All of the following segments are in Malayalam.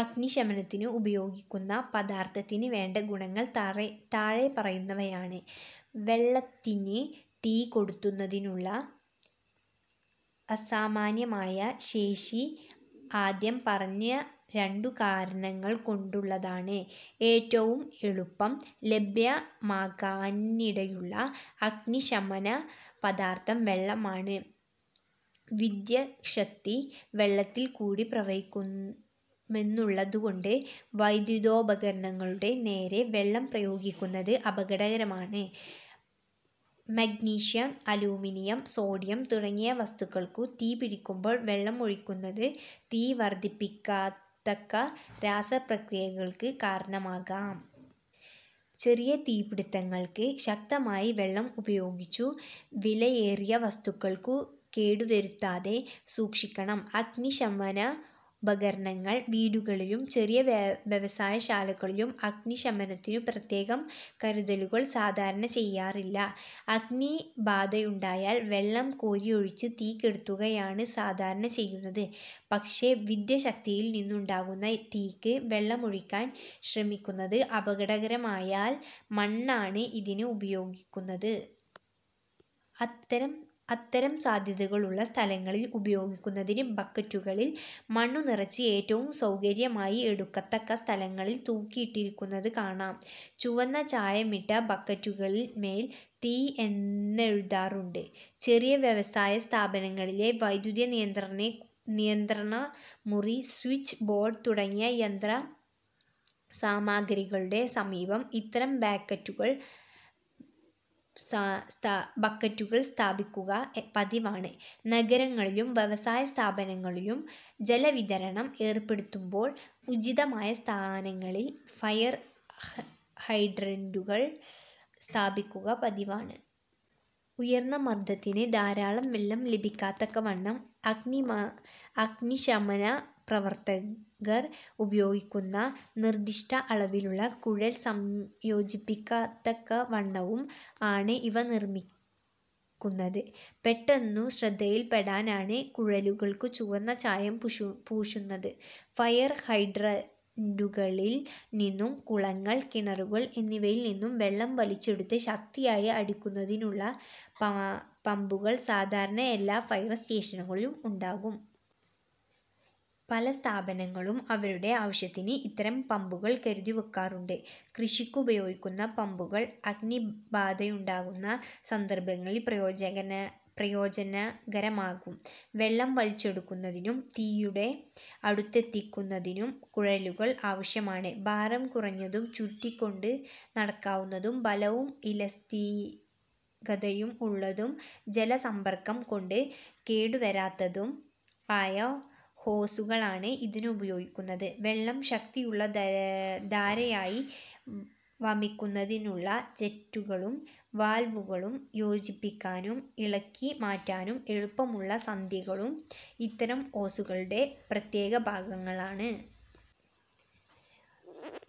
അഗ്നി ശമനത്തിന് ഉപയോഗിക്കുന്ന പദാർഥത്തിന് വേണ്ട ഗുണങ്ങൾ താഴെ പറയുന്നവയാണ്: വെള്ളത്തിന് തീ കെടുത്തുന്നതിനുള്ള അസാമാന്യമായ ശേഷി ആദ്യം പറഞ്ഞ രണ്ടു കാരണങ്ങൾകൊണ്ടുള്ളതാണ്. ഏറ്റവും എളുപ്പം ലഭ്യമാകാനിടയുള്ള അഗ്നിശമനപദാർഥം വെള്ളമാണ്. വിദ്യുച്ഛക്തി വെള്ളത്തിൽക്കൂടി പ്രവഹിക്കുമെന്നുള്ളതുകൊണ്ട് വൈദ്യുതോപകരണങ്ങളുടെ നേരെ വെള്ളം പ്രയോഗിക്കുന്നത് അപകടകരമാണ്. മഗ്നീഷ്യം, അലൂമിനിയം, സോഡിയം തുടങ്ങിയ വസ്തുക്കൾക്കു തീ പിടിക്കുമ്പോൾ വെള്ളം ഒഴിക്കുന്നത് തീ വർധിപ്പിക്കത്തക്ക രാസപ്രക്രിയകൾക്ക് കാരണമാകാം. ചെറിയ തീപിടിത്തങ്ങൾക്ക് ശക്തമായി വെള്ളം ഉപയോഗിച്ചു വിലയേറിയ വസ്തുക്കൾക്കു കേടുവരുത്താതെ സൂക്ഷിക്കണം. അഗ്നിശമനോപകരണങ്ങൾ വീടുകളിലും ചെറിയ വ്യവസായശാലകളിലും അഗ്നിശമനത്തിനു പ്രത്യേക കരുതലുകൾ സാധാരണ ചെയ്യാറില്ല. അഗ്നിബാധയുണ്ടായാൽ വെള്ളം കോരിയൊഴിച്ചു തീ കെടുത്തുകയാണ് സാധാരണ ചെയ്യുന്നത്. പക്ഷേ വിദ്യുച്ഛക്തിയിൽനിന്നുണ്ടാകുന്ന തീയ്ക്ക് വെള്ളമൊഴിക്കാൻ ശ്രമിക്കുന്നത് അപകടമാകയാൽ മണ്ണാണ് ഇതിന് ഉപയോഗിക്കുന്നത്. അത്തരം സാധ്യതകളുള്ള സ്ഥലങ്ങളിൽ ഉപയോഗിക്കുന്നതിന് ബക്കറ്റുകളിൽ മണ്ണുനിറച്ച്, ഏറ്റവും സൗകര്യമായി എടുക്കത്തക്ക സ്ഥലങ്ങളിൽ, തൂക്കിയിട്ടിരിക്കുന്നത് കാണാം. ചുവന്ന ചായമിട്ട ഈ ബക്കറ്റുകളിൻമേൽ തീ എന്നെഴുതാറുണ്ട്. ചെറിയ വ്യവസായസ്ഥാപനങ്ങളിലെ വൈദ്യുതിനിയന്ത്രണമുറി, സ്വിച്ച് ബോർഡ് തുടങ്ങിയ യന്ത്രസാമഗ്രികളുടെ സമീപം ഇത്തരം ബക്കറ്റുകൾ സ്ഥാപിക്കുക പതിവാണ്. നഗരങ്ങളിലും വ്യവസായ സ്ഥാപനങ്ങളിലും ജലവിതരണം ഏർപ്പെടുത്തുമ്പോൾ ഉചിതമായ സ്ഥാനങ്ങളിൽ ഫയർ ഹൈഡ്രന്റുകൾ സ്ഥാപിക്കുക പതിവാണ്. ഉയർന്ന മർദത്തിന് ധാരാളം വെള്ളം ലഭിക്കത്തക്കവണ്ണവും അഗ്നിശമനപ്രവർത്തകർ ഉപയോഗിക്കുന്ന നിർദിഷ്ട അളവിലുള്ള കുഴൽ സംയോജിപ്പിക്കത്തക്കവണ്ണവും ആണ് ഇവ നിർമ്മിക്കുന്നത്. പെട്ടെന്നു ശ്രദ്ധയിൽപെടാനാണ് കുഴലുകൾക്കു ചുവന്ന ചായം പൂശുന്നത്. ഫയർ ഹൈഡ്രന്റുകളിൽനിന്നും, കുളങ്ങൾ, കിണറുകൾ എന്നിവയിൽനിന്നും വെള്ളം വലിച്ചെടുത്ത് ശക്തിയായി അടിക്കുന്നതിനുള്ള പമ്പുകൾ സാധാരണ എല്ലാ ഫയർ സ്റ്റേഷനുകളിലും ഉണ്ടാകും. പല സ്ഥാപനങ്ങളും അവരുടെ ആവശ്യത്തിന് ഇത്തരം പമ്പുകൾ കരുതിവയ്ക്കാറുണ്ട്. കൃഷിക്കുപയോഗിക്കുന്ന പമ്പുകൾ അഗ്നിബാധയുണ്ടാകുന്ന സന്ദർഭങ്ങളിലും പ്രയോജനകരമാകും. വെള്ളം വലിച്ചെടുക്കുന്നതിനും തീയുടെ അടുത്തെത്തിക്കുന്നതിനും കുഴലുകൾ ആവശ്യമാണ്. ഭാരം കുറഞ്ഞതും ചുരുട്ടിക്കൊണ്ടു നടക്കാവുന്നതും ബലവും ഇലാസ്തികതയും ഉള്ളതും ജലസമ്പർക്കംകൊണ്ട് കേടുവരുത്താത്തതും ആയ ഹോസുകളാണ് ഇതിനുപയോഗിക്കുന്നത്. വെള്ളം ശക്തിയുള്ള ധാരയായി വമിക്കുന്നതിനുള്ള ജെറ്റുകളും വാൽവുകളും, യോജിപ്പിക്കാനും ഇളക്കിമാറ്റാനും എളുപ്പമുള്ള സന്ധികളും ഇത്തരം ഹോസുകളുടെ പ്രത്യേകഭാഗങ്ങളാണ്.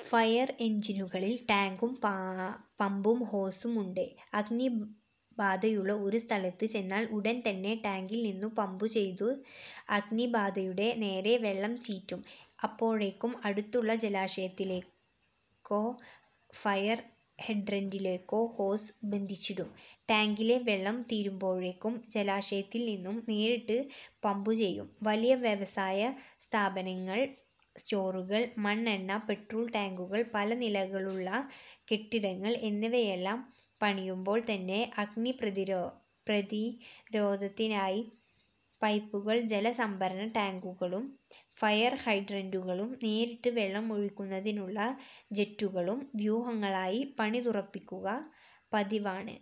ഫയർ എൻജിനുകളിൽ ടാങ്കും പമ്പും ഹോസും ഉണ്ട്. അഗ്നിബാധയുള്ള ഒരു സ്ഥലത്ത് ചെന്നാൽ ഉടൻതന്നെ ടാങ്കിൽനിന്നു പമ്പുചെയ്ത് അഗ്നിബാധയുടെ നേരെ വെള്ളം ചീറ്റും. അപ്പോഴേക്കും അടുത്തുള്ള ജലാശയത്തിലേക്കോ ഫയർ ഹൈഡ്രന്റിലേക്കോ ഹോസ് ബന്ധിച്ചിടും. ടാങ്കിലെ വെള്ളം തീരുമ്പോഴേക്കും ജലാശയത്തിൽനിന്നു നേരിട്ട് പമ്പു ചെയ്യും. വലിയ വ്യവസായസ്ഥാപനങ്ങൾ, സ്റ്റോറുകൾ, മണ്ണെണ്ണ-പെട്രോൾടാങ്കുകൾ, പല നിലകളുള്ള കെട്ടിടങ്ങൾ എന്നിവയെല്ലാം പണിയുമ്പോൾ തന്നെ അഗ്നിപ്രതിരോധത്തിനായി പൈപ്പുകളും ജലസംഭരണ ടാങ്കുകളും ഫയർ ഹൈഡ്രന്റുകളും നേരിട്ട് വെള്ളം ഒഴിക്കുന്നതിനുള്ള ജെറ്റുകളും വ്യൂഹങ്ങളായി പണിതുറപ്പിക്കുക പതിവാണ്.